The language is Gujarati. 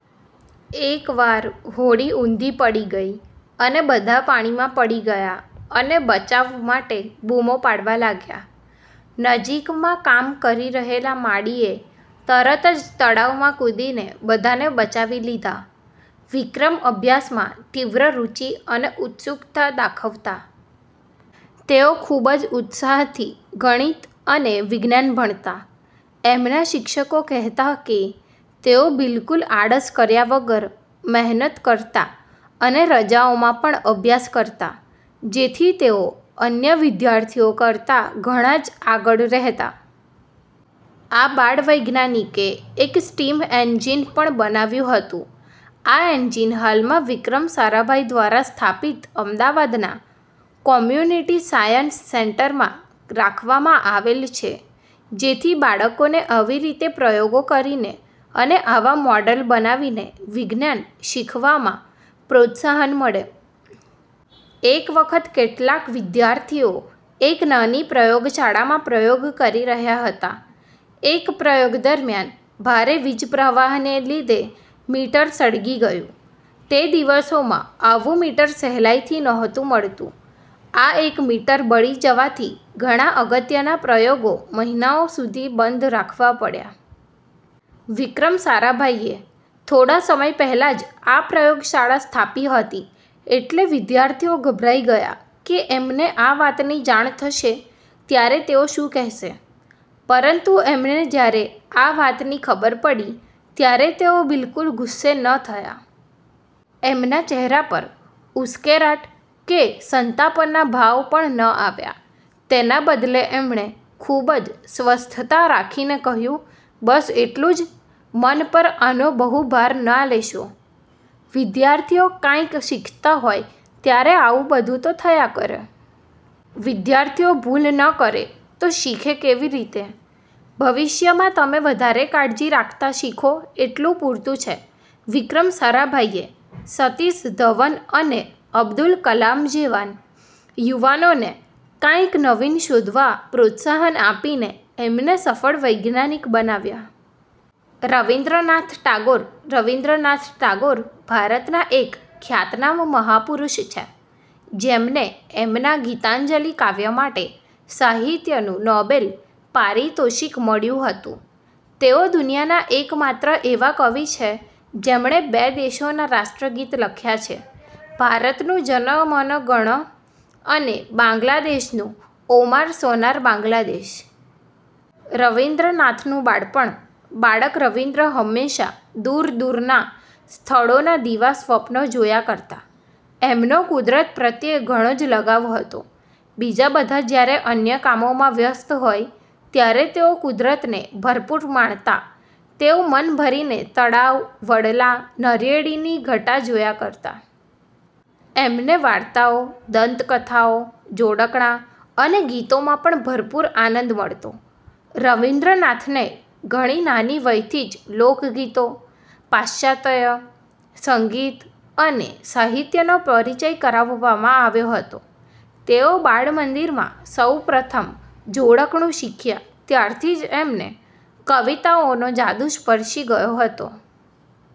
એક વાર હોડી ઉંધી પડી ગઈ અને બધા પાણીમાં પડી ગયા અને બચાવ માટે બૂમો પાડવા લાગ્યા. નજીકમાં કામ કરી રહેલા માળીએ તરત જ તળાવમાં કૂદીને બધાને બચાવી લીધા. વિક્રમ અભ્યાસમાં તીવ્ર રુચિ અને ઉત્સુકતા દાખવતા. તેઓ ખુબ જ ઉત્સાહથી ગણિત અને વિજ્ઞાન ભણતા. એમના શિક્ષકો કહેતા કે તેઓ બિલકુલ આળસ કર્યા વગર મહેનત કરતા અને રજાઓમાં પણ અભ્યાસ કરતા જેથી તેઓ અન્ય વિદ્યાર્થીઓ કરતાં ઘણા જ આગળ રહેતા. આ બાળ વૈજ્ઞાનિકે એક સ્ટીમ એન્જીન પણ બનાવ્યું હતું. આ એન્જીન હાલમાં વિક્રમ સારાભાઈ દ્વારા સ્થાપિત અમદાવાદના કોમ્યુનિટી સાયન્સ સેન્ટરમાં રાખવામાં આવેલ છે જેથી બાળકોને આવી રીતે પ્રયોગો કરીને અને આવા મોડલ બનાવીને વિજ્ઞાન શીખવામાં પ્રોત્સાહન મળે. એક વખત કેટલાક વિદ્યાર્થીઓ એક નાની પ્રયોગશાળામાં પ્રયોગ કરી રહ્યા હતા. એક પ્રયોગ દરમ્યાન ભારે વીજપ્રવાહને લીધે મીટર સળગી ગયું. તે દિવસોમાં આવું મીટર સહેલાઇથી નહોતું મળતું. આ એક મીટર બળી જવાથી ઘણા અગત્યના પ્રયોગો મહિનાઓ સુધી બંધ રાખવા પડયા. વિક્રમ સારાભાઈએ થોડા સમય પહેલાં જ આ પ્રયોગશાળા સ્થાપી હતી એટલે વિદ્યાર્થીઓ ગભરાઈ ગયા કે એમને આ વાતની જાણ થશે ત્યારે તેઓ શું કહેશે. પરંતુ એમને જયારે આ વાતની ખબર પડી ત્યારે તેઓ બિલકુલ ગુસ્સે ન થયા. એમના ચહેરા પર ઉશ્કેરાટ કે સંતાપના ભાવ પણ ન આવ્યા. તેના બદલે એમણે ખુબ જ સ્વસ્થતા રાખીને કહયું, "બસ એટલું જ? મન પર આનો બહુ ભાર ના લેશો. વિદ્યાર્થીઓ કાઇંક શીખતા હોય ત્યારે આવું બધું તો થયા કરે. વિદ્યાર્થીઓ ભૂલ ન કરે તો શીખે કેવી રીતે? ભવિષ્યમાં તમે વધારે કાળજી રાખતાં શીખો એટલું પૂરતું છે. " વિક્રમ સારાભાઈએ સતીશ ધવન અને અબ્દુલ કલામ જેવા યુવાનોને કાંઈક નવીન શોધવા પ્રોત્સાહન આપીને એમને સફળ વૈજ્ઞાનિક બનાવ્યા. રવિન્દ્રનાથ ટાગોર રવિન્દ્રનાથ ટાગોર ભારતના એક ખ્યાતનામ મહાપુરુષ છે જેમને એમના "ગીતાંજલિ" કાવ્ય માટે સાહિત્યનું નોબેલ પારિતોષિક મળ્યું હતું. તેઓ દુનિયાના એક માત્ર એવા કવિ છે જેમણે બે દેશોના રાષ્ટ્રગીત લખ્યાં છે ભારતનું 'જન મન ગણ' અને બાંગ્લાદેશનું 'ઓમાર સોનાર બાંગ્લાદેશ'. રવિન્દ્રનાથનું બાળપણ બાળક રવિન્દ્ર હંમેશા દૂર દૂરના સ્થળોના દિવા સ્વપ્નો જોયા કરતા. એમનો કુદરત પ્રત્યે ઘણો જ લગાવ હતો. બીજા બધા જયારે અન્ય કામોમાં વ્યસ્ત હોય ત્યારે તેઓ કુદરતને ભરપૂર માણતા. તેઓ મનભરીને તળાવ, વડલા, નારિયેળીની ઘટા જોયા કરતા. એમને વાર્તાઓ, દંતકથાઓ, જોડકણાં અને ગીતોમાં પણ ભરપૂર આનંદ મળતો. રવિન્દ્રનાથને ઘણી નાની વયથી જ લોકગીતો, પાશ્ચાત્ય સંગીત અને સાહિત્યનો પરિચય કરાવવામાં આવ્યો હતો. તેઓ બાળમંદિરમાં સૌપ્રથમ જોડકણું શીખ્યા ત્યારથી જ એમને કવિતાઓનો જાદુ સપર્શી ગયો હતો.